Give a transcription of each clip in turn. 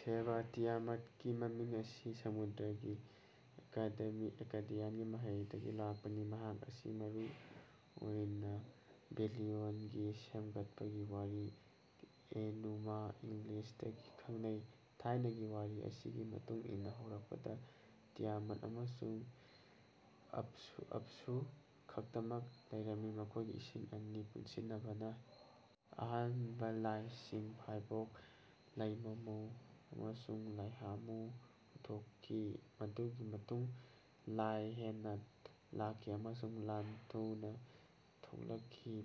ꯁꯦꯝꯕ ꯇꯤꯌꯥꯃꯠꯀꯤ ꯃꯃꯤꯡ ꯑꯁꯤ ꯁꯃꯨꯗ꯭ꯔꯒꯤ ꯑꯛꯀꯥꯗꯤꯌꯟ ꯋꯥꯍꯩꯗꯒꯤ ꯂꯥꯛꯄꯅꯤ꯫ ꯃꯍꯥꯛ ꯑꯁꯤ ꯃꯔꯨ ꯑꯣꯏꯅ ꯕꯦꯕꯤꯂꯣꯟꯒꯤ ꯁꯦꯝꯒꯠꯄꯒꯤ ꯋꯥꯔꯤ ꯑꯦꯅꯨꯃꯥ ꯏꯂꯤꯁꯇꯒꯤ ꯈꯪꯅꯩ꯫ ꯊꯥꯏꯅꯒꯤ ꯋꯥꯔꯤ ꯑꯁꯤꯒꯤ ꯃꯇꯨꯡ ꯏꯟꯅ ꯍꯧꯔꯛꯄꯗ ꯇꯤꯌꯥꯃꯠ ꯑꯃꯁꯨꯡ ꯑꯞꯁꯨ ꯈꯛꯇꯃꯛ ꯂꯩꯔꯝꯃꯤ ꯃꯈꯣꯏꯒꯤ ꯏꯁꯤꯡ ꯑꯅꯤ ꯄꯨꯟꯁꯤꯟꯅꯕꯅ ꯑꯍꯥꯟꯕ ꯂꯥꯏꯁꯤꯡ ꯐꯥꯏꯕꯣꯛ ꯂꯥꯍꯃꯨ ꯑꯃꯁꯨꯡ ꯂꯥꯍꯥꯃꯨ ꯄꯨꯊꯣꯛꯈꯤ꯫ ꯃꯗꯨꯒꯤ ꯃꯇꯨꯡꯗ ꯂꯥꯏ ꯍꯦꯟꯅ ꯂꯥꯛꯈꯤ ꯑꯃꯁꯨꯡ ꯂꯥꯟ ꯊꯨꯅ ꯊꯣꯛꯂꯛꯈꯤ꯫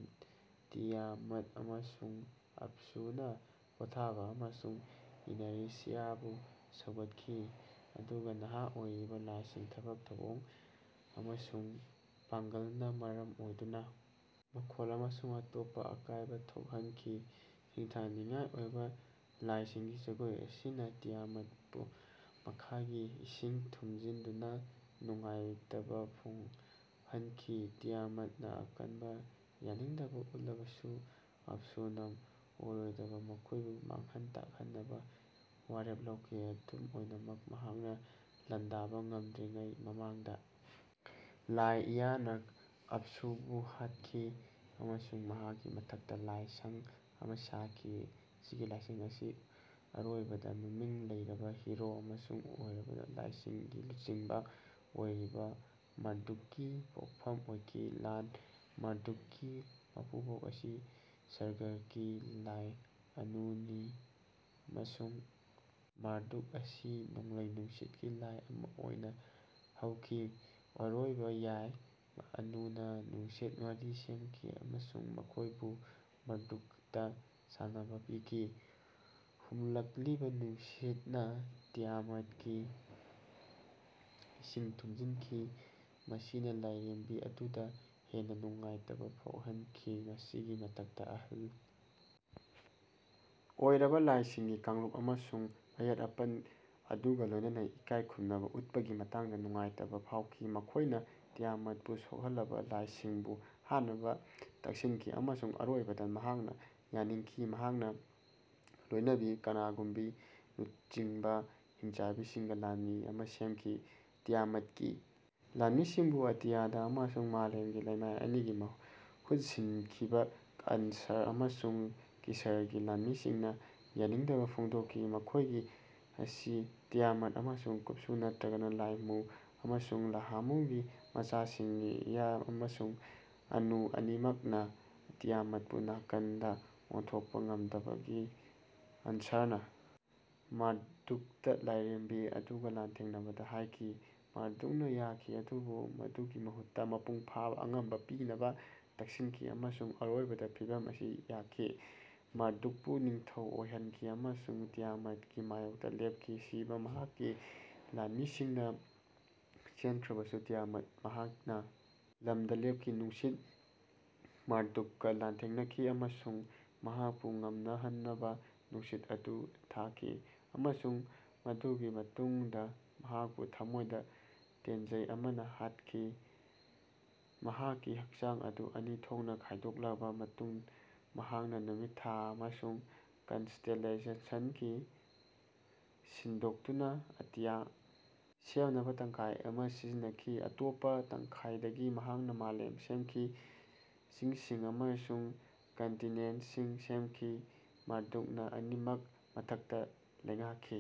ꯇꯤꯌꯥꯃꯠ ꯑꯃꯁꯨꯡ ꯑꯞꯁꯨꯅ ꯄꯣꯊꯥꯕ ꯑꯃꯁꯨꯡ ꯏꯅꯔꯁꯤꯌꯥꯕꯨ ꯁꯧꯒꯠꯈꯤ ꯑꯗꯨꯒ ꯅꯍꯥ ꯑꯣꯏꯔꯤꯕ ꯂꯥꯏꯁꯤꯡꯒꯤ ꯊꯕꯛ ꯊꯧꯑꯣꯡ ꯑꯃꯁꯨꯡ ꯄꯥꯡꯒꯜꯅ ꯃꯔꯝ ꯑꯣꯏꯗꯨꯅ ꯃꯈꯣꯜ ꯑꯃꯁꯨꯡ ꯑꯇꯣꯞꯄ ꯑꯀꯥꯏꯕ ꯊꯣꯛꯍꯟꯈꯤ꯫ ꯁꯤꯡꯊꯥꯅꯤꯡꯉꯥꯏ ꯑꯣꯏꯅ ꯂꯥꯏꯁꯤꯡꯒꯤ ꯖꯒꯣꯏ ꯑꯁꯤꯅ ꯇꯤꯌꯥꯃꯠꯄꯨ ꯃꯍꯥꯛꯀꯤ ꯏꯁꯤꯡ ꯊꯨꯝꯖꯤꯟꯗꯨꯅ ꯅꯨꯡꯉꯥꯏꯇꯕ ꯐꯨꯍꯟꯈꯤ꯫ ꯇꯤꯌꯥꯃꯠꯅ ꯑꯀꯟꯕ ꯌꯥꯅꯤꯡꯗꯕ ꯎꯠꯂꯕꯁꯨ ꯑꯞꯁꯨꯅ ꯑꯔꯣꯏꯕꯗ ꯃꯈꯣꯏꯕꯨ ꯃꯥꯡꯍꯟ ꯇꯥꯛꯍꯟꯅꯕ ꯋꯥꯔꯦꯞ ꯂꯧꯈꯤ꯫ ꯑꯗꯨꯝ ꯑꯣꯏꯅꯃꯛ ꯃꯍꯥꯛꯅ ꯂꯥꯟꯗꯥꯕ ꯉꯝꯗ꯭ꯔꯤꯉꯩ ꯃꯃꯥꯡꯗ ꯂꯥꯏ ꯏꯌꯥꯅ ꯑꯞꯁꯨꯕꯨ ꯍꯥꯠꯈꯤ ꯑꯃꯁꯨꯡ ꯃꯍꯥꯛꯀꯤ ꯃꯊꯛꯇ ꯂꯥꯏꯁꯪ ꯑꯃ ꯁꯥꯈꯤ꯫ ꯃꯁꯤꯒꯤ ꯂꯥꯏꯁꯪ ꯑꯁꯤ ꯑꯔꯣꯏꯕꯗ ꯃꯃꯤꯡ ꯂꯩꯔꯕ ꯍꯤꯔꯣ ꯑꯃꯁꯨꯡ ꯑꯔꯣꯏꯕꯗ ꯂꯥꯏꯁꯤꯡꯒꯤ ꯂꯨꯆꯤꯡꯕ ꯑꯣꯏꯔꯤꯕ ꯃꯥꯔꯗꯨꯛꯀꯤ ꯄꯣꯛꯐꯝ ꯑꯣꯏꯈꯤ꯫ ꯂꯥꯟ ꯃꯥꯔꯗꯨꯛꯀꯤ ꯃꯄꯨꯕꯣꯛ ꯑꯁꯤ ꯁꯔꯒꯀꯤ ꯂꯥꯏ ꯑꯅꯨꯅꯤ ꯑꯃꯁꯨꯡ ꯃꯥꯔꯗꯨꯛ ꯑꯁꯤ ꯅꯣꯡꯂꯩ ꯅꯨꯡꯁꯤꯠꯀꯤ ꯂꯥꯏ ꯑꯃ ꯑꯣꯏꯅ ꯍꯧꯈꯤꯕ ꯑꯂꯣꯏꯕ ꯌꯥꯏ꯫ ꯑꯅꯨꯅ ꯅꯨꯡꯁꯤꯠ ꯃꯔꯤ ꯁꯦꯝꯈꯤ ꯑꯃꯁꯨꯡ ꯃꯈꯣꯏꯕꯨ ꯃꯥꯔꯗꯨꯛꯇ ꯁꯥꯟꯅꯅꯕ ꯄꯤꯈꯤ꯫ ꯍꯨꯝꯂꯛꯂꯤꯕ ꯅꯨꯡꯁꯤꯠꯅ ꯇꯤꯌꯥꯃꯠꯀꯤ ꯏꯁꯤꯡ ꯊꯨꯝꯖꯤꯟꯈꯤ ꯃꯁꯤꯅ ꯂꯥꯏꯔꯦꯝꯕꯤ ꯑꯗꯨꯕꯨ ꯍꯦꯟꯅ ꯅꯨꯡꯉꯥꯏꯇꯕ ꯐꯥꯎꯍꯟꯈꯤ꯫ ꯃꯁꯤꯒꯤ ꯃꯊꯛꯇ ꯑꯍꯜ ꯑꯣꯏꯔꯕ ꯂꯥꯏꯁꯤꯡꯒꯤ ꯀꯥꯡꯂꯨꯞ ꯑꯃꯁꯨ ꯑꯌꯦꯠ ꯑꯄꯟ ꯑꯗꯨꯒ ꯂꯣꯏꯅꯅ ꯏꯀꯥꯏ ꯈꯨꯝꯅꯕ ꯎꯠꯄꯒꯤ ꯃꯇꯥꯡꯗ ꯅꯨꯡꯉꯥꯏꯇꯕ ꯐꯥꯎꯈꯤ꯫ ꯃꯈꯣꯏꯅ ꯇꯤꯌꯥꯃꯠꯄꯨ ꯁꯣꯛꯍꯜꯂꯕ ꯂꯥꯏꯁꯤꯡꯕꯨ ꯍꯥꯠꯅꯕ ꯇꯛꯁꯤꯟꯈꯤ ꯑꯃꯁꯨꯡ ꯑꯔꯣꯏꯕꯗ ꯃꯍꯥꯛꯅ ꯌꯥꯅꯤꯡꯈꯤ ꯃꯍꯥꯛꯀꯤ ꯂꯣꯏꯅꯕꯤ ꯀꯥꯅꯒꯨꯝꯕꯤ ꯂꯨꯆꯤꯡꯕ ꯍꯤꯡꯆꯥꯕꯁꯤꯡꯒꯤ ꯂꯥꯟꯃꯤ ꯑꯃ ꯁꯦꯝꯈꯤ꯫ ꯇꯤꯌꯥꯃꯠꯀꯤ ꯂꯥꯟꯃꯤꯁꯤꯡꯕꯨ ꯑꯇꯤꯌꯥ ꯑꯃꯁꯨꯡ ꯃꯥꯂꯦꯝꯒꯤ ꯂꯩꯃꯥꯏ ꯑꯅꯤꯒꯤ ꯃꯍꯨꯠ ꯁꯤꯟꯈꯤꯕ ꯑꯟꯁꯥꯔ ꯑꯃꯁꯨꯡ ꯀꯤꯁꯥꯔꯒꯤ ꯂꯥꯟꯃꯤꯁꯤꯡꯅ ꯌꯥꯅꯤꯡꯗꯕ ꯐꯣꯡꯗꯣꯛꯈꯤ꯫ ꯃꯈꯣꯏꯁꯤꯡ ꯑꯁꯤ ꯇꯤꯌꯥꯃꯠ ꯑꯃꯁꯨꯡ ꯑꯞꯁꯨ ꯅꯠꯇ꯭ꯔꯒ ꯂꯥꯏꯃꯨ ꯑꯃꯁꯨꯡ ꯂꯥꯍꯥꯃꯨꯒꯤ ꯃꯆꯥꯁꯤꯡꯅꯤ꯫ ꯏꯌꯥ ꯑꯃꯁꯨꯡ ꯑꯅꯨ ꯑꯅꯤꯃꯛꯅ ꯇꯤꯌꯥꯃꯠꯄꯨ ꯅꯥꯀꯟꯗ ꯑꯣꯟꯊꯣꯛꯄ ꯉꯝꯗꯕꯗꯒꯤ ꯑꯟꯁꯥꯔꯅ ꯃꯥꯔꯗꯨꯛꯇ ꯂꯥꯏꯔꯦꯝꯕꯤ ꯑꯗꯨꯒ ꯂꯥꯟꯊꯦꯡꯅꯅꯕ ꯍꯥꯏꯈꯤ꯫ ꯃꯥꯔꯗꯨꯛꯅ ꯌꯥꯈꯤ ꯑꯗꯨꯕꯨ ꯃꯗꯨꯒꯤ ꯃꯍꯨꯠꯇ ꯃꯄꯨꯡ ꯐꯥꯕ ꯑꯉꯝꯕ ꯄꯤꯅꯕ ꯇꯛꯁꯤꯟꯈꯤ ꯑꯃꯁꯨꯡ ꯑꯔꯣꯏꯕꯗ ꯐꯤꯚꯝ ꯑꯁꯤ ꯌꯥꯈꯤ꯫ ꯃꯥꯔꯗꯨꯛꯄꯨ ꯅꯤꯡꯊꯧ ꯑꯣꯏꯍꯟꯈꯤ ꯑꯃꯁꯨꯡ ꯇꯤꯌꯥꯃꯠꯀꯤ ꯃꯥꯌꯣꯛꯇ ꯂꯦꯞꯈꯤ꯫ ꯁꯤꯕ ꯃꯍꯥꯛꯀꯤ ꯂꯥꯟꯃꯤꯁꯤꯡꯅ ꯆꯦꯟꯈ꯭ꯔꯕꯁꯨ ꯇꯤꯌꯥꯃꯠꯅ ꯃꯍꯥꯛꯀꯤ ꯂꯝꯗ ꯂꯦꯞꯈꯤ ꯑꯃꯁꯨꯡ ꯃꯥꯔꯗꯨꯛꯀ ꯂꯥꯟꯊꯦꯡꯅꯈꯤ꯫ ꯃꯍꯥꯛꯅ ꯃꯍꯥꯛꯄꯨ ꯉꯝꯍꯟꯗꯅꯕ ꯅꯨꯡꯁꯤꯠ ꯑꯗꯨ ꯊꯥꯈꯤ ꯑꯃꯁꯨꯡ ꯃꯗꯨꯒꯤ ꯃꯇꯨꯡꯗ ꯃꯍꯥꯛꯄꯨ ꯊꯃꯣꯏꯗ ꯇꯦꯟꯖꯩ ꯑꯃꯅ ꯍꯥꯠꯈꯤ꯫ ꯃꯍꯥꯛꯀꯤ ꯍꯛꯆꯥꯡ ꯑꯗꯨ ꯑꯅꯤ ꯊꯣꯛꯅ ꯈꯥꯏꯗꯣꯛꯂꯕ ꯃꯇꯨꯡꯗ ꯃꯍꯥꯛꯅ ꯅꯨꯃꯤꯠ ꯊꯥ ꯑꯃꯁꯨꯡ ꯀꯟꯁꯇꯦꯂꯦꯁꯟꯁꯤꯡ ꯁꯤꯟꯗꯣꯛꯇꯨꯅ ꯑꯇꯤꯌꯥ ꯁꯦꯝꯅꯕ ꯇꯪꯈꯥꯏ ꯑꯃ ꯁꯤꯖꯤꯟꯅꯈꯤ꯫ ꯑꯇꯣꯞꯄ ꯇꯪꯈꯥꯏꯗꯒꯤ ꯃꯍꯥꯛꯅ ꯃꯥꯂꯦꯝ ꯁꯦꯝꯈꯤ ꯆꯤꯡꯁꯤꯡ ꯑꯃꯁꯨꯡ ꯀꯟꯇꯤꯅꯦꯟꯠꯁꯤꯡ ꯁꯦꯝꯈꯤ꯫ ꯃꯥꯔꯗꯨꯛꯅ ꯑꯅꯤꯃꯛꯀꯤ ꯃꯊꯛꯇ ꯂꯩꯉꯥꯛꯈꯤ꯫